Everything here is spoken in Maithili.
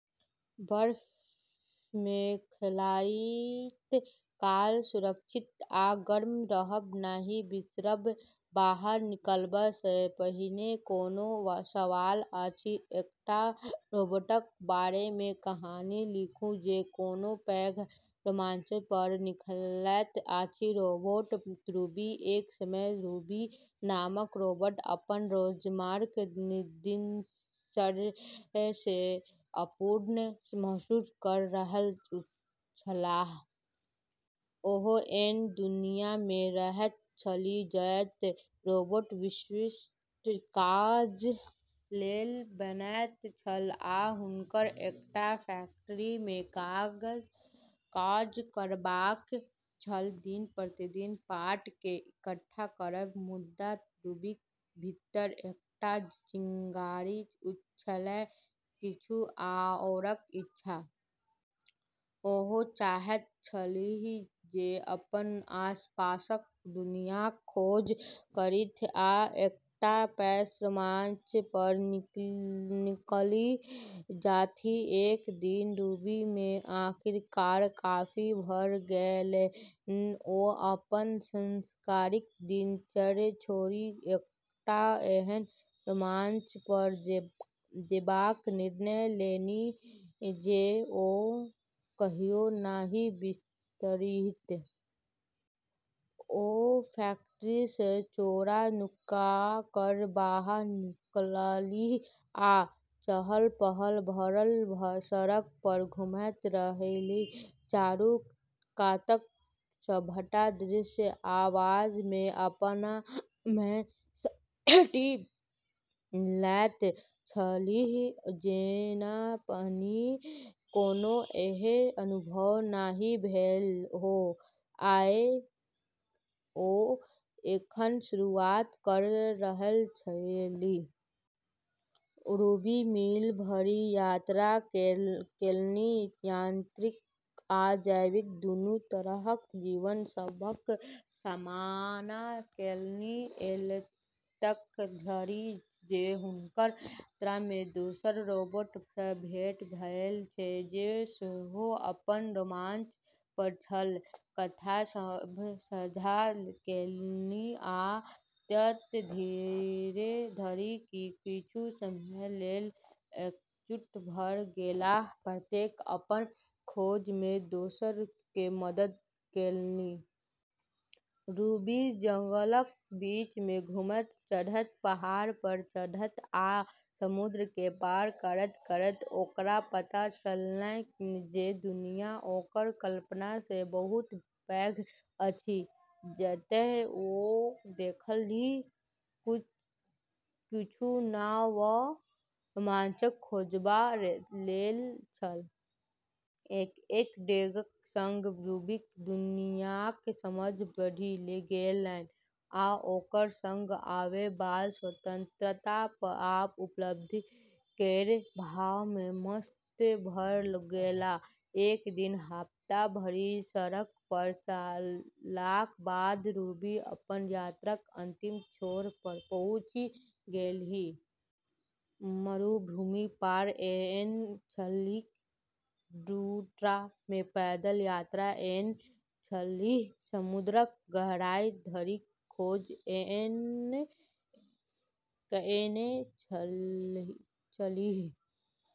बर्फ मे खेलाइत काल सुरक्षित आ गर्म रहब नहि बिसरब। बाहर निकलबा सँ पहिने कोनो सवाल अछि? एकटा रोबोटक बारे मे कहानी लिखू जे कोनो पैघ रोमांच पर निकलैत अछि। रोबोट रूबी: एक समय रूबी नामक रोबोट अपन रोजमर्राक दिनचर्या सँ अपूर्ण महसूस कऽ रहल छलाह। ओ एहन दुनिया मे रहैत छलीह जतय रोबोट विशिष्ट काज लेल बनैत छल आ हुनकर एकटा फैक्ट्री मे काज करबाक छल, दिन-प्रतिदिन पार्ट केँ इकट्ठा करब। मुदा रूबीक भीतर एकटा चिंगारी छलैन, किछु आओरक इच्छा। ओ चाहैत छलीह जे अपन आसपासक दुनियाक खोज करथि आ एकटा पैघ रोमांच पर निकलि जाथि। एक दिन रूबी केँ आखिरकार काफी भऽ गेलैन। ओ अपन सांसारिक दिनचर्या छोड़ि एकटा एहन रोमांच पर जेबाक निर्णय लेलनि जे ओ कहियो नहि बिसरतीह। ओ फैक्ट्री सँ चोरा-नुका कऽ बाहर निकललीह आ चहल-पहल भरल सड़क पर घुमैत रहलीह, चारू कातक सभटा दृश्य आ आवाज केँ अपना मे समेटि लैत छलीह। जेना पहिने कोनो एहन अनुभव नहि भेल होअए आ ओ एखन शुरुआत कऽ रहल छलीह। रूबी मील भरि यात्रा केलनि, यांत्रिक आ जैविक दुनू तरहक जीव सभक सामना केलनि। एतेक धरि जे हुनकर यात्रा मे दोसर रोबोट सँ भेंट भेल छल, जे सेहो अपन रोमांच पर छल। कथा सभ साझा केलनि आ एतय धरि कि किछु समय लेल एकजुट भऽ गेलाह, प्रत्येक अपन खोज मे दोसर केँ मदद केलनि। रूबी जंगलक बीच मे घुमैत-चढ़ैत, पहाड़ पर चढ़ैत आ समुद्र केँ पार करैत-करैत ओकरा पता चललैन जे दुनिया ओकर कल्पना सँ बहुत पैघ अछि। जतय ओ देखलीह, किछु नव आ रोमांचक खोजबा लेल छल। एक-एक डेगक सँग रूबीक दुनियाक समझ बढ़ि गेलैन आ ओकरा सँग आवै बला स्वतंत्रता आ उपलब्धि केर भाव मे मस्त भऽ गेलाह। एक दिन हफ्ता भरि सड़क पर चललाक बाद रूबी अपन यात्राक अंतिम छोर पर पहुँचि गेलीह। मरुभूमि पार कएने छलीह, टुंड्रा मे पैदल यात्रा कएने छलीह, समुद्रक गहराई धरिक खोज कएने छलीह।